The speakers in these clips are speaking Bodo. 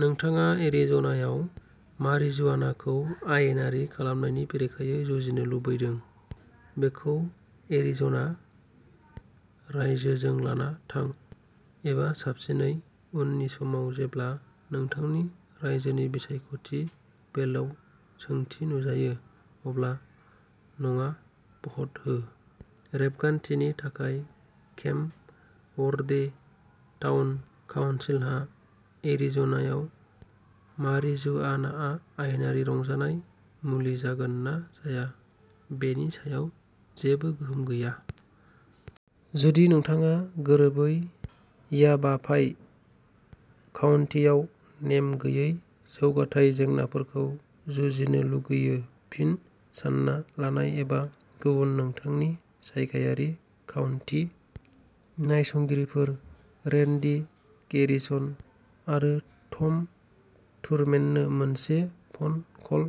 नोंथाङा एरिज'नायाव मारिजुआनाखौ आयेनारि खालामनायनि बेरेखायै जुजिनो लुबैदों, बेखौ एरिज'ना रायजोजों लाना थां, एबा साबसिनै, उननि समाव जेब्ला नोंथांनि रायजोनि बिसायख'थि बेलटआव सोंथि नुजायो, अब्ला "नङा" भ'ट हो। रेबगान्थिनि थाखाय, केम्प वर्दे टाउन काउन्सिलहा एरिज'नायाव मारिजुआनाआ आयेनारि रंजानाय मुलि जागोन ना जाया बेनि सायाव जेबो गोहोम गैया। जुदि नोंथाङा गोरोबै याभापाइ काउन्टिआव नेम गैयै जौगाथाय जेंनाफोरखौ जुजिनो लुगैयो-फिन, सानना लानाय एबा गुबुन-नोंथांनि जायगायारि काउन्टि नायसंगिरिफोर रेन्डी गेरिसन आरो टम थुरमेननो मोनसे फ'न कल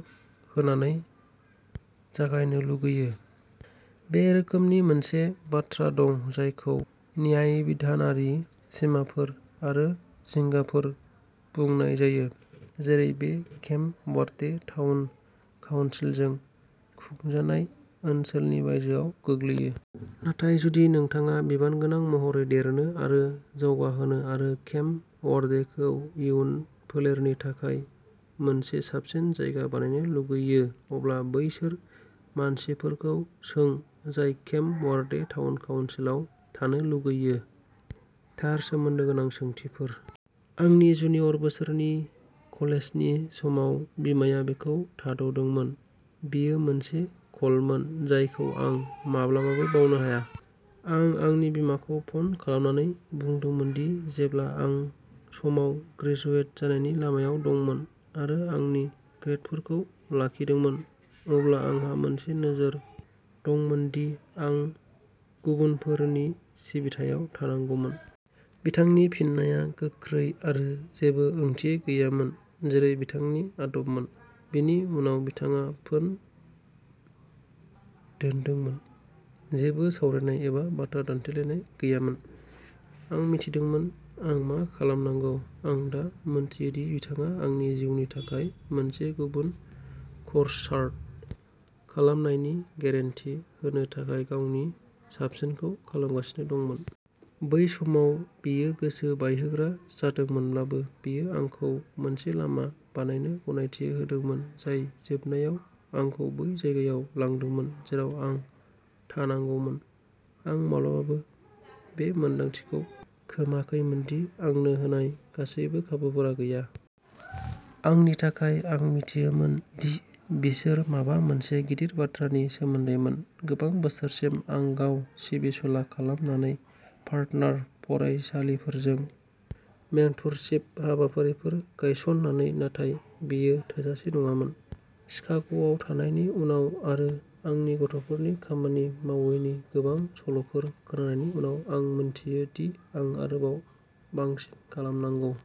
होनानै जागायनो लुगैयो। बे रोखोमनि मोनसे बाथ्रा दं जायखौ न्यायबिधानारि सिमाफोर आरो जिंगाफोर बुंनाय जायो, जेरै बे केम्प वर्दे टाउन काउन्सिलजों खुंजानाय ओनसोलनि बायजोआव गोग्लैयो। नाथाय, जुदि नोंथाङा बिबानगोनां महरै देरनो आरो जौगाहोनो आरो केम्प वर्देखौ इयुन फोलेरनि थाखाय मोनसे साबसिन जायगा बानायनो लुगैयो, अब्ला बैसोर मानसिफोरखौ सों जाय केम्प वर्दे टाउन काउन्सिलाव थानो लुगैयो, थार सोमोन्दो गोनां सोंथिफोर। आंनि जुनियर बोसोरनि कलेजनि समाव बिमाया बेखौ थाद'दोंमोन। बेयो मोनसे कलमोन जायखौ आं माब्लाबाबो बावनो हाया। आं आंनि बिमाखौ फन खालामनानै बुंदोंमोन दि जेब्ला आं समाव ग्रेजुवेट जानायनि लामायाव दंमोन आरो आंनि ग्रेदफोरखौ लाखिदोंमोन, अब्ला आंहा मोनसे नोजोर दंमोन दि आं गुबुनफोरनि सिबिथायाव थानांगौमोन। बिथांनि फिननाया गोख्रै आरो जेबो ओंथि गैयैमोन, जेरै बिथांनि आदबमोन। बेनि उनाव, बिथाङा फोन दोनदोंमोन। जेबो सावरायनाय एबा बाथ्रा दान्थेलायनाय गैयामोन। आं मिथिदोंमोन आं मा खालामनांगौ। आं दा मिन्थियो दि बिथाङा आंनि जिउनि थाखाय मोनसे गुबुन कर्स चार्ट खालामनायनि गेरेन्टि होनो थाखाय गावनि साबसिनखौ खालामगासिनो दंमोन। बै समाव बेयो गोसो बायहोग्रा जादोंमोनब्लाबो, बेयो आंखौ मोनसे लामा बानायनो गनायथि होदोंमोन जाय जोबनायाव आंखौ बै जायगायाव लांदोंमोन जेराव आं थानांगौमोन। आं माब्लाबाबो बे मोन्दांथिखौ खोमाखैमोन दि आंनो होनाय गासैबो खाबुफोरा गैया। आंनि थाखाय। आं मिथियोमोन दि बिसोर माबा मोनसे गिदिर बाथ्रानि सोमोन्दैमोन। गोबां बोसोरसिम आं गाव सिबिसुला खालामनानै, पार्टनार फरायसालिफोरजों मेंटरशिप हाबाफारिफोर गायस'ननानै, नाथाय बेयो थोजासे नङामोन। शिकाग'आव थानायनि उनाव आरो आंनि गथ'फोरनि खामानि मावैनि गोबां सल'फोर खोनानायनि उनाव, आं मिन्थियो दि आं आरोबाव बांसिन खालामनांगौ।